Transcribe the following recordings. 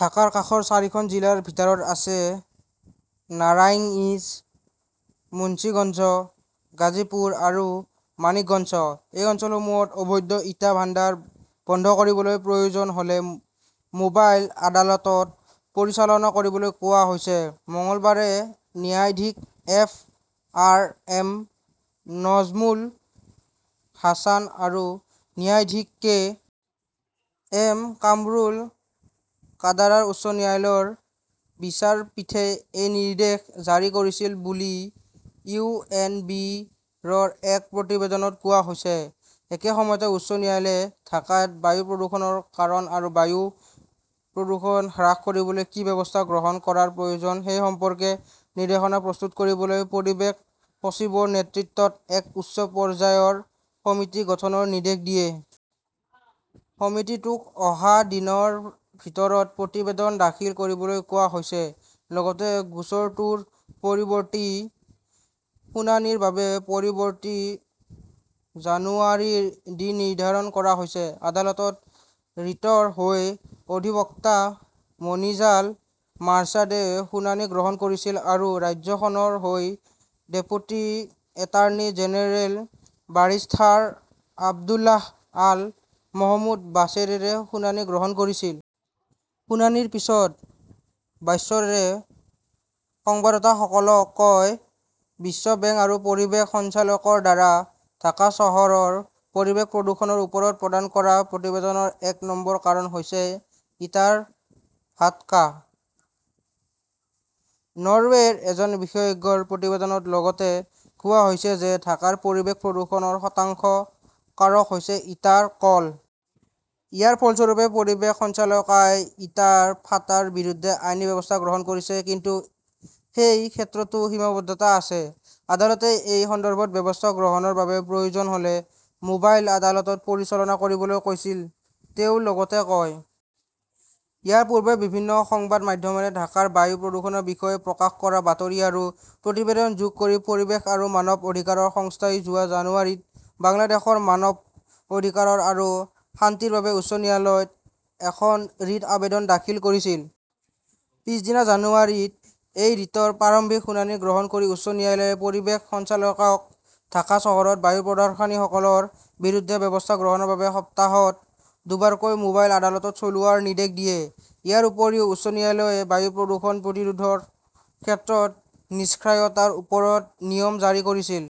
ঢাকাৰ কাষৰ চাৰিখন জিলাৰ ভিতৰত আছে নাৰাংইজ, মুন্সীগঞ্জ, গাজীপুৰ আৰু মানিকগঞ্জ। এই অঞ্চলসমূহত অবৈধ ইটা ভাণ্ডাৰ বন্ধ কৰিবলৈ প্ৰয়োজন হ "লে মোবাইল আদালত পৰিচালনা কৰিবলৈ কোৱা হৈছে। মঙলবাৰে ন্যায়াধীশ F. R. M. Nazmul Ahsan আৰু ন্যায়াধীশ কে. এম. কামৰুল কাদাৰৰ উচ্চ ন্যায়ালয়ৰ বিচাৰপীঠে এই নিৰ্দেশ জাৰি কৰিছিল বুলি ইউ. এন. বি. -ৰ এক প্ৰতিবেদনত কোৱা হৈছে। একে সময়তে, উচ্চ ন্যায়ালয়ে ঢাকাত বায়ু প্ৰদূষণৰ কাৰণ আৰু বায়ু প্ৰদূষণ হ্ৰাস কৰিবলৈ কি ব্যৱস্থা গ্ৰহণ কৰাৰ প্ৰয়োজন সেই সম্পৰ্কে নিৰ্দেশনা প্ৰস্তুত কৰিবলৈ পৰিৱেশ সচিবৰ নেতৃত্বত এক উচ্চ পৰ্যায়ৰ সমিতি গঠনৰ নিৰ্দেশ দিয়ে। সমিতিটোক অহা দিনৰ ভিতৰত প্ৰতিবেদন দাখিল কৰিবলৈ কোৱা হৈছে। লগতে গোচৰটোৰ পৰৱৰ্তী শুনানিৰ বাবে পৰৱৰ্তী জানুৱাৰীৰ দিন নিৰ্ধাৰণ কৰা হৈছে। আদালতত ৰিটৰ হৈ অধিবক্তা মনিজাল মোৰ্ছেদে শুনানি গ্ৰহণ কৰিছিল আৰু ৰাজ্যখনৰ হৈ deputy attorney general barrister Abdullah Al Mahmud বাছাৰে শুনানি গ্ৰহণ কৰিছিল। শুনানিৰ পিছত বাশ্বৰে সংবাদদাতাসকলক কয়, "বিশ্ব বেংক আৰু পৰিৱেশ সঞ্চালকালয়ৰ দ্বাৰা ঢাকা চহৰৰ পৰিৱেশ প্ৰদূষণৰ ওপৰত প্ৰদান কৰা প্ৰতিবেদনৰ এক নম্বৰ কাৰণ হৈছে ইটাৰ ভাটকা। নৰৱেৰ এজন বিশেষজ্ঞৰ প্ৰতিবেদনত লগতে কোৱা হৈছে যে ঢাকাৰ পৰিৱেশ প্ৰদূষণৰ শতাংশ কাৰক হৈছে ইটাৰ কল। "ইয়াৰ ফলস্বৰূপে পৰিৱেশ সঞ্চালকালয়ই ইটাৰ ফাঁটৰ বিৰুদ্ধে আইনী ব্যৱস্থা গ্ৰহণ কৰিছে। কিন্তু সেই ক্ষেত্ৰতো সীমাবদ্ধতা আছে। আদালতে এই সন্দৰ্ভত ব্যৱস্থা গ্ৰহণৰ বাবে প্ৰয়োজন হ "লে মোবাইল আদালত পৰিচালনা কৰিবলৈ কৈছিল", তেওঁ লগতে কয়। ইয়াৰ পূৰ্বে, বিভিন্ন সংবাদ মাধ্যমে ঢাকাৰ বায়ু প্ৰদূষণৰ বিষয়ে প্ৰকাশ কৰা বাতৰি আৰু প্ৰতিবেদন যোগ কৰি পৰিৱেশ আৰু মানৱ অধিকাৰ সংস্থাই যোৱা জানুৱাৰীত বাংলাদেশৰ মানৱ অধিকাৰ আৰু শান্তিৰ বাবে উচ্চ ন্যায়ালয়ত এখন ৰিট আবেদন দাখিল কৰিছিল। পিছদিনা জানুৱাৰীত এই ৰিটৰ প্ৰাৰম্ভিক শুনানি গ্ৰহণ কৰি উচ্চ ন্যায়ালয়ে পৰিৱেশ সঞ্চালকালয়ক ঢাকা চহৰত বায়ু প্ৰদূষণকাৰীসকলৰ বিৰুদ্ধে ব্যৱস্থা গ্ৰহণৰ বাবে সপ্তাহত দুবাৰকৈ মোবাইল আদালত চলোৱাৰ নিৰ্দেশ দিয়ে। ইয়াৰ উপৰিও, উচ্চ ন্যায়ালয়ে বায়ু প্ৰদূষণ প্ৰতিৰোধৰ ক্ষেত্ৰত নিষ্ক্ৰিয়তাৰ ওপৰত নিয়ম জাৰি কৰিছিল।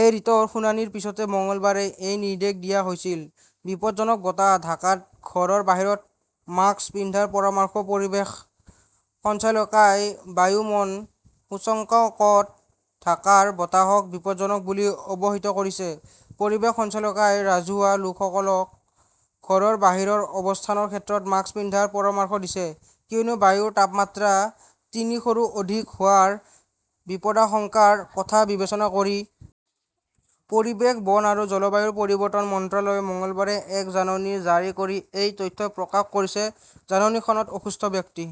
এই ৰিটৰ শুনানিৰ পিছতে মঙলবাৰে এই নিৰ্দেশ দিয়া হৈছিল। বিপদজনক বতাহঃ ঢাকাত ঘৰৰ বাহিৰত মাস্ক পিন্ধাৰ পৰামৰ্শ পৰিৱেশ সঞ্চালকালয়ই বায়ু মান সূচকাংকত ঢাকাৰ বতাহক বিপদজনক বুলি অভিহিত কৰিছে। পৰিৱেশ সঞ্চালকালয়ই ৰাজহুৱা লোকসকলক ঘৰৰ বাহিৰৰ অৱস্থানৰ ক্ষেত্ৰত মাস্ক পিন্ধাৰ পৰামৰ্শ দিছে কিয়নো বায়ুৰ তাপমাত্ৰা তিনিশৰো অধিক হোৱাৰ বিপদাশংকাৰ কথা বিবেচনা কৰি। পৰিৱেশ, বন আৰু জলবায়ু পৰিৱৰ্তন মন্ত্ৰালয়ে মঙলবাৰে এক জাননী জাৰি কৰি এই তথ্য প্ৰকাশ কৰিছে। জাননীখনত অসুস্থ ব্যক্তি,